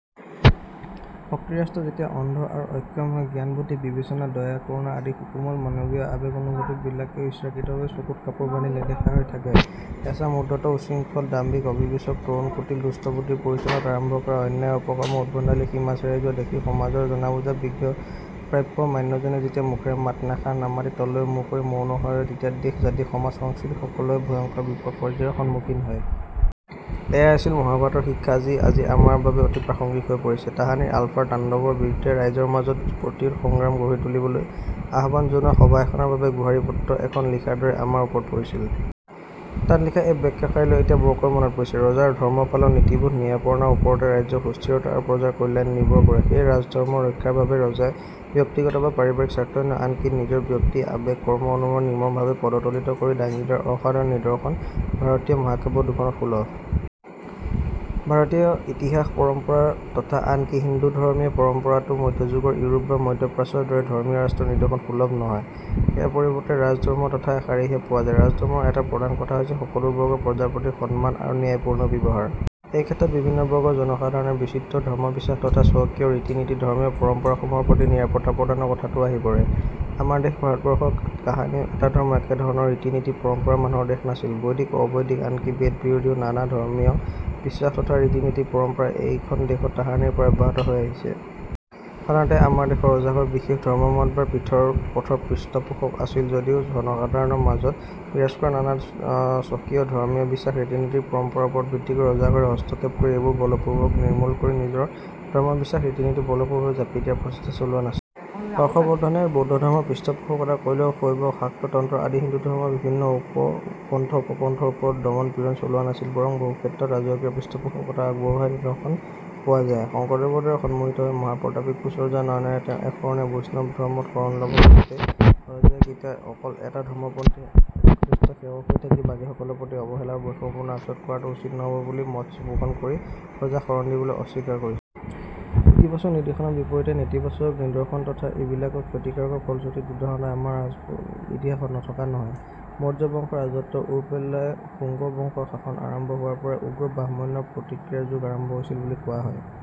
ৰাষ্ট্ৰশক্তি যেতিয়া অন্ধ আৰু অক্ষম হয়, জ্ঞান, বুদ্ধি, বিবেচনা, দয়া, কৰুণা আদি সুকোমল মানৱীয় আবেগ অনুভূতি বিলাকেও ইচ্ছাকৃতভাৱে চকুত কাপোৰ বান্ধি নেদেখা হৈ থাকে। এচাম উদ্ধত, উচ্ছৃঙ্খল, দাম্ভিক অবিবেচক তৰুণে কুটিল দুষ্টবুদ্ধিৰ প্ৰৰোচনাত আৰম্ভ কৰা অন্যায়, অপকৰ্ম, উদ্ভণ্ডালিয়ে সীমা চেৰাই যোৱা দেখিও সমাজৰ জনাবুজা বিজ্ঞ প্ৰাজ্ঞ মান্যজনেও যেতিয়া মুখেৰে মাত এষাৰ নেমাতি তললৈ মুৰ কৰি মৌন হৈ ৰয়, তেতিয়াই দেশ, জাতি, সমাজ, সংস্কৃতি সকলো এক ভয়ংকৰ বিপদ- বিপৰ্যয়ৰ সন্মুখীন হয়। এইয়াই আছিল মহাভাৰতৰ শিক্ষা, যি আজি আমাৰ বাবে অতি প্ৰাসংগিক হৈ পৰিছে। তাহানি আলফাৰ তাণ্ডৱৰ বিৰুদ্ধে ৰাইজৰ মাজত প্ৰতিৰোধ সংগ্ৰাম গঢ়ি তুলিবলৈ আহ্বান জনোৱা সভা এখনৰ বাবে গোহাৰিপত্ৰ এখন লিখাৰ দায়িত্ব আমাৰ ওপৰত পৰিছিল। তাত লিখা এই বাক্য শাৰীলৈ এতিয়া বৰকৈ মনত পৰিছে। ৰজাৰ ধৰ্মপালন, নীতিবোধ, ন্যায়পৰায়ণতাৰ ওপৰতে ৰাজ্যৰ সুস্থিৰতা আৰু প্ৰজাৰ কল্যাণ নিৰ্ভৰ কৰে। সেয়ে ৰাজধৰ্ম ৰক্ষাৰ বাবে ৰজাই ব্যক্তিগত বা পাৰিবাৰিক স্বাৰ্থই নহয়, আনকি নিজৰ ব্যক্তি হৃদয়ৰ আবেগ- অনুৰাগো নিৰ্মমভাবে পদদলিত কৰি ডাঙি ধৰা অসাধাৰণ নিদৰ্শন ভাৰতীয় মহাকাব্য দুখনত সুলভ। ভাৰতীয় ইতিহাস, পৰম্পৰা তথা আনকি হিন্দু ধৰ্মীয় পৰম্পৰাতো মধ্যযুগৰ ইউৰোপ বা মধ্যপ্ৰাচ্যৰ দৰে ধৰ্মীয় ৰাষ্ট্ৰৰ নিদৰ্শন সুলভ নহয়। ইয়াৰ পৰিবৰ্তে ৰাজধৰ্মৰ কথা এষাৰিহে পোৱা যায়। ৰাজধৰ্মৰ এটা প্ৰধান কথা হৈছে সকলো বৰ্গৰ প্ৰজাৰ প্ৰতি সমান ন্যায়পুৰ্ণ ব্যৱহাৰ। এইক্ষেত্ৰত বিভিন্ন বৰ্গৰ প্ৰজাসাধাৰণৰ বিচিত্ৰ ধৰ্মবিশ্বাস তথা স্বকীয় ৰীতি নীতি, ধৰ্মীয় পৰম্পৰা সমুহৰ প্ৰতি নিৰপত্তা প্ৰদানৰ কথাটোও আহি পৰে। আমাৰ দেশ ভাৰতবৰ্ষ কাহানিও এটা ধৰ্মৰ, একেধৰণৰ ৰীতি নীতি পৰম্পৰাৰ মানুহৰ দেশ নাছিল। বৈদিক, অবৈদিক আনকি বেদ বিৰোধীও নানা ধৰ্মীয় বিশ্বাস তথা ৰীতি নীতি পৰম্পৰা এইখন দেশত তাহানিৰ পৰা অব্যাহত হৈ আহিছে। সাধাৰণতে আমাৰ দেশত ৰজাঘৰ বিশেষ ধৰ্মমত বা পথৰ পৃষ্টপোষক আছিল যদিও প্ৰজাসাধাৰণৰ মাজত বিৰাজ কৰা নানা স্বকীয় ধৰ্মীয় বিশ্বাস, ৰীতিনীতিৰ পৰম্পৰাৰ ওপৰত ৰজাঘৰে হস্তক্ষেপ কৰি এইবোৰ বলপুৰ্বক নিৰ্মূল কৰি নিজৰ ধৰ্মবিশ্বাস, ৰীতিনীতি বলপুৰ্বক জাপি দিয়াৰ প্ৰচেষ্টা চলোৱা নাছিল। অশোক, হৰ্ষবৰ্দ্ধনে বৌদ্ধ ধৰ্মৰ পৃষ্ঠপোষকতা কৰিলেও শৈৱ শাক্ত তন্ত্ৰ আদি হিন্দু ধৰ্মৰ বিভিন্ন পন্থ উপপন্থৰ ওপৰত দমন পীড়ন চলোৱা নাছিল। বৰং বহুক্ষেত্ৰত ৰাজকীয় পৃষ্ঠপোষকতাও আগবঢ়োৱাৰহে নিদৰ্শন পোৱা যায়। শঙ্কৰদেৱৰ দ্বাৰা সন্মোহিত হৈ মহাপ্ৰতাপী কোঁচ ৰজা নৰনাৰায়ণে তেওঁৰ একশৰণীয়া বৈষ্ণৱ ধৰ্মত শৰণ লব খোজোতে ৰজাই কেতিয়াও অকল এটা ধৰ্মপন্থৰ একনিষ্ঠ সেৱক হৈ থাকি বাকী সকলৰ প্ৰতি অবহেলা বা বৈষম্যপুৰ্ণ আচৰণ কৰাটো উচিত নহ'ব বুলি মত পোষণ কৰি ৰজাক শৰন দিবলৈ অস্বীকাৰ কৰিছিল। এনেকুৱা ইতিবাচক নিদৰ্শনৰ বিপৰীতে নেতিবাচক নিদৰ্শন তথা ইবিলাকৰ ক্ষতিকাৰক ফলশ্ৰুতিৰ উদাহৰণো আমাৰ ইতিহাসত নথকা নহয়। মৌৰ্য বংশৰ ৰাজত্বৰ ওৰ পেলাই শুংগ বংশৰ শাসন আৰম্ভ হোৱাৰ পৰাই উগ্ৰ ব্ৰাহ্মন্য প্ৰতিক্ৰিয়াৰ যুগ আৰম্ভ হৈছিল বুলি কোৱা হয়। এইযুগতে